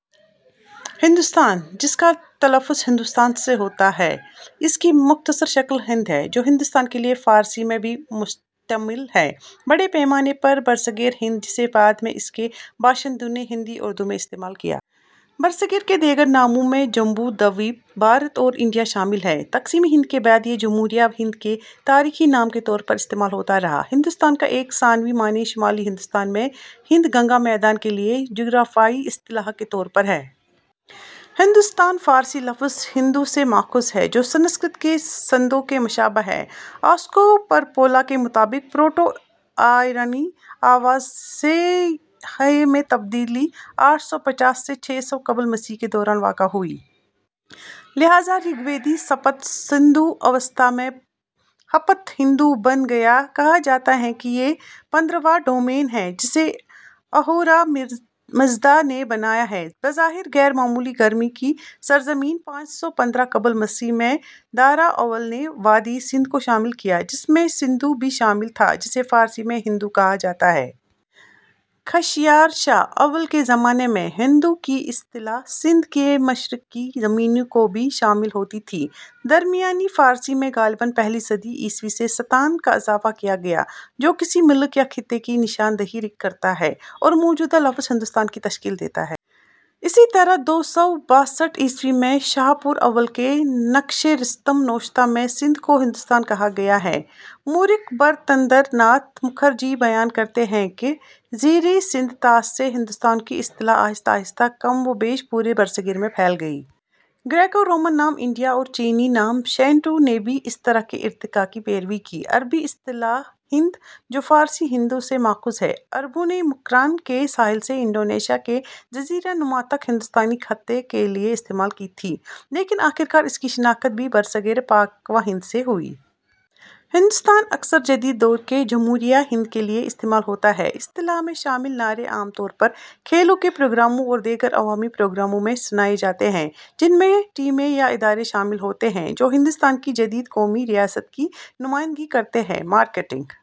ہندوستان، جس کا تلفظ ہِندوستان سے ہوتا ہے، اس کی مختصر شکل ہند ہے، جو ہندوستان کے لیے فارسی میں بھی مستعمل ہے، بڑے پیمانے پر برصغیرِ ہند؛ جسے بعد میں اس کے باشندوں نے ہندی–اردو میں استعمال کیا۔ برصغیر کے دیگر ناموں میں جمبو دویپ، بھارت اور انڈیا شامل ہیں۔ تقسیمِ ہند کے بعد؛ یہ جمہوریۂ ہند کے تاریخی نام کے طور پر استعمال ہوتا رہا۔ ہندوستان کا ایک ثانوی معنی شمالی ہندوستان میں ہند گنگا میدان کے لیے جغرافیائی اصطلاح کے طور پر ہے۔ ہندستان فارسی لفظ ہندو سے ماخوذ ہے، جو سنسکرت کے سندھو کے مشابہ ہے۔ آسکو پرپولا کے مطابق پروٹو ایرانی آواز س سے ہ میں تبدیلی آٹھ سو پچاس سے چھ سو قبل مسیح کے درمیان واقع ہوئی۔ لہٰذا، رگ ویدی سپت سندھو اوستا میں ہپت ہندو بن گیا۔ کہا جاتا ہے کہ یہ "پندرھواں ڈومین" ہے، جسے اہورا مزدا نے بنایا ہے، بظاہر "غیر معمولی گرمی" کی سرزمین۔ پانچ سو پندرہ قبل مسیح میں دارا اول نے وادیٔ سندھ کو شامل کیا، جس میں سندھو بھی شامل تھا، جسے فارسی میں ہندو کہا جاتا ہے۔ خشیارشا اول کے زمانے میں "ہندو" کی اصطلاح سندھ کے مشرق کی زمینوں کو بھی شامل ہوتی تھی۔ درمیانی فارسی میں غالباً پہلی صدی عیسوی سے ستان کا اضافہ کیا گیا، جو کسی ملک یا خطے کی نشان دہی کرتا ہے، اور موجودہ لفظ ہندوستان کی تشکیل دیتا ہے۔ اسی طرح دو سو باسٹھ عیسوی میں شاہپور اول کے نقشِ رستم نوشتہ میں سندھ کو ہندوستان کہا گیا ہے۔ مورخ برتندر ناتھ مکھرجی بیان کرتے ہیں کہ زیریں سندھ طاس سے "ہندوستان" کی اصطلاح آہستہ آہستہ "کم و بیش پورے برصغیر میں پھیل گئی"۔ گریکو رومن نام "انڈیا" اور چینی نام "شین ٹو" نے بھی اسی طرح کے ارتقا کی پیروی کی۔ عربی اصطلاح ہند، جو فارسی ہندو سے ماخوذ ہے، عربوں نے مکران کے ساحل سے انڈونیشیا کے جزیرہ نما تک ہندوستانی خطے کے لیے استعمال کی تھی، لیکن آخرکار اس کی شناخت بھی برصغیرِ پاک و ہند سے ہوئی۔ "ہندوستان" اکثر جدید دور کے جمہوریۂ ہند کے لیے استعمال ہوتا ہے۔ اصطلاح میں شامل نعرے عام طور پر کھیلوں کے پروگراموں اور دیگر عوامی پروگراموں میں سنائے جاتے ہیں، جن میں ٹیمیں یا ادارے شامل ہوتے ہیں، جو ہندوستان کی جدید قومی ریاست کی نمائندگی کرتے ہیں۔ مارکیٹنگ...